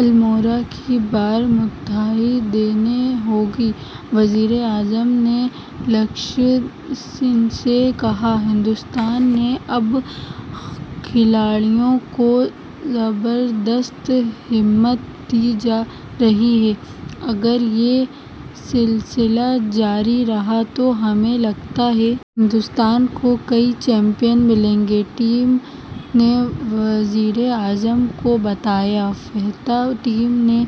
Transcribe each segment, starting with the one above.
الموڑا کی بال مٹھائی دینی ہوگی وزیر اعظم نے لکشیہ سین سے کہا ہندوستان میں اب کھلاڑیوں کو زبردست حمایت دی جا رہی ہے اگر یہ سلسلہ جاری رہا تو ہمیں لگتا ہے ہندوستان کو کئی چیمپئن ملیں گے ٹیم نے وزیر اعظم کو بتایا فاتح ٹیم نے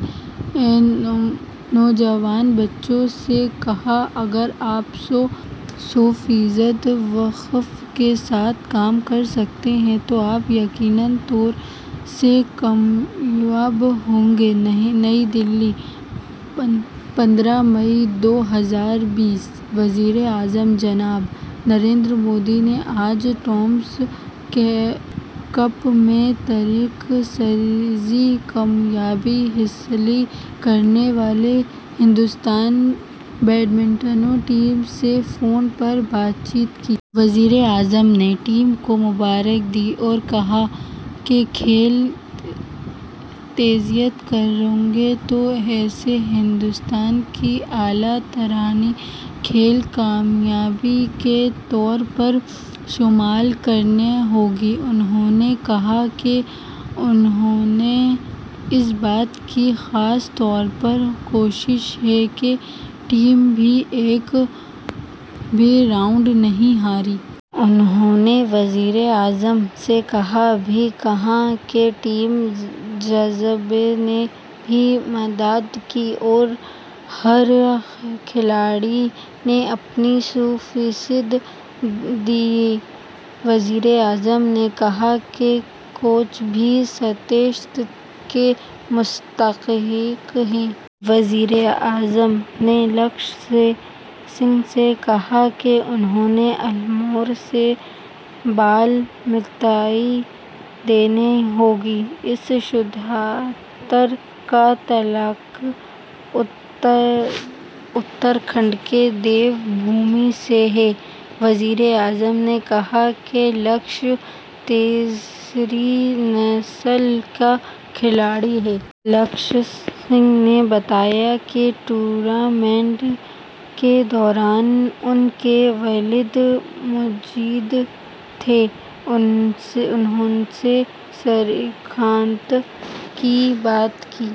نوجوان بچوں سے اگر آپ سو فیصد وقف کے ساتھ کام کرسکتے ہیں تو آپ یقینی طور سے کامیاب ہوں گے نئی دہلی پندرہ مئی دو ہزار بائیس وزیر اعظم جناب نریندر مودی نے آج تھامس کپ میں تاریخی کامیابی حسیلے کرنے والی ہندوستانی بیڈ منٹن ٹیم سے فون پر بات چیت کی۔ وزیر اعظم نے ٹیم کو مبارکباد دی اور کہا کہ کھیل تجزیہ کاروں کو اسے ہندوستان کی اعلیٰ ترین کھیل کامیابی کے طور پر شمار کرنا ہوگا۔ انہوں نے کہا کہ انہیں اس بات کی خاص طور پر خوشی ہے کہ ٹیم ایک بھی راؤنڈ نہیں ہاری۔ انہوں نے وزیر اعظم سے یہ بھی کہا کہ ٹیم جذبے نے بھی مدد کی اور ہر کھلاڑی نے اپنا سو فیصد دیا۔ وزیر اعظم نے کہا کہ کوچ بھی ستائش کے مستحق ہیں۔ وزیر اعظم نے لکشیہ سین سے کہا کہ انہیں الموڑا سے بال مٹھائی دینی ہوگی۔ اس شٹلر کا تعلق اتراکھنڈ کے دیو بھومی سے ہے۔ وزیر اعظم نے کہا کہ لکشیہ تیسری نسل کا کھلاڑی ہے۔ لکشیہ سین نے بتایا کہ ٹورنامنٹ کے دوران ان کے والد موجود تھے۔ انہوں نے سری کانت کی بات کی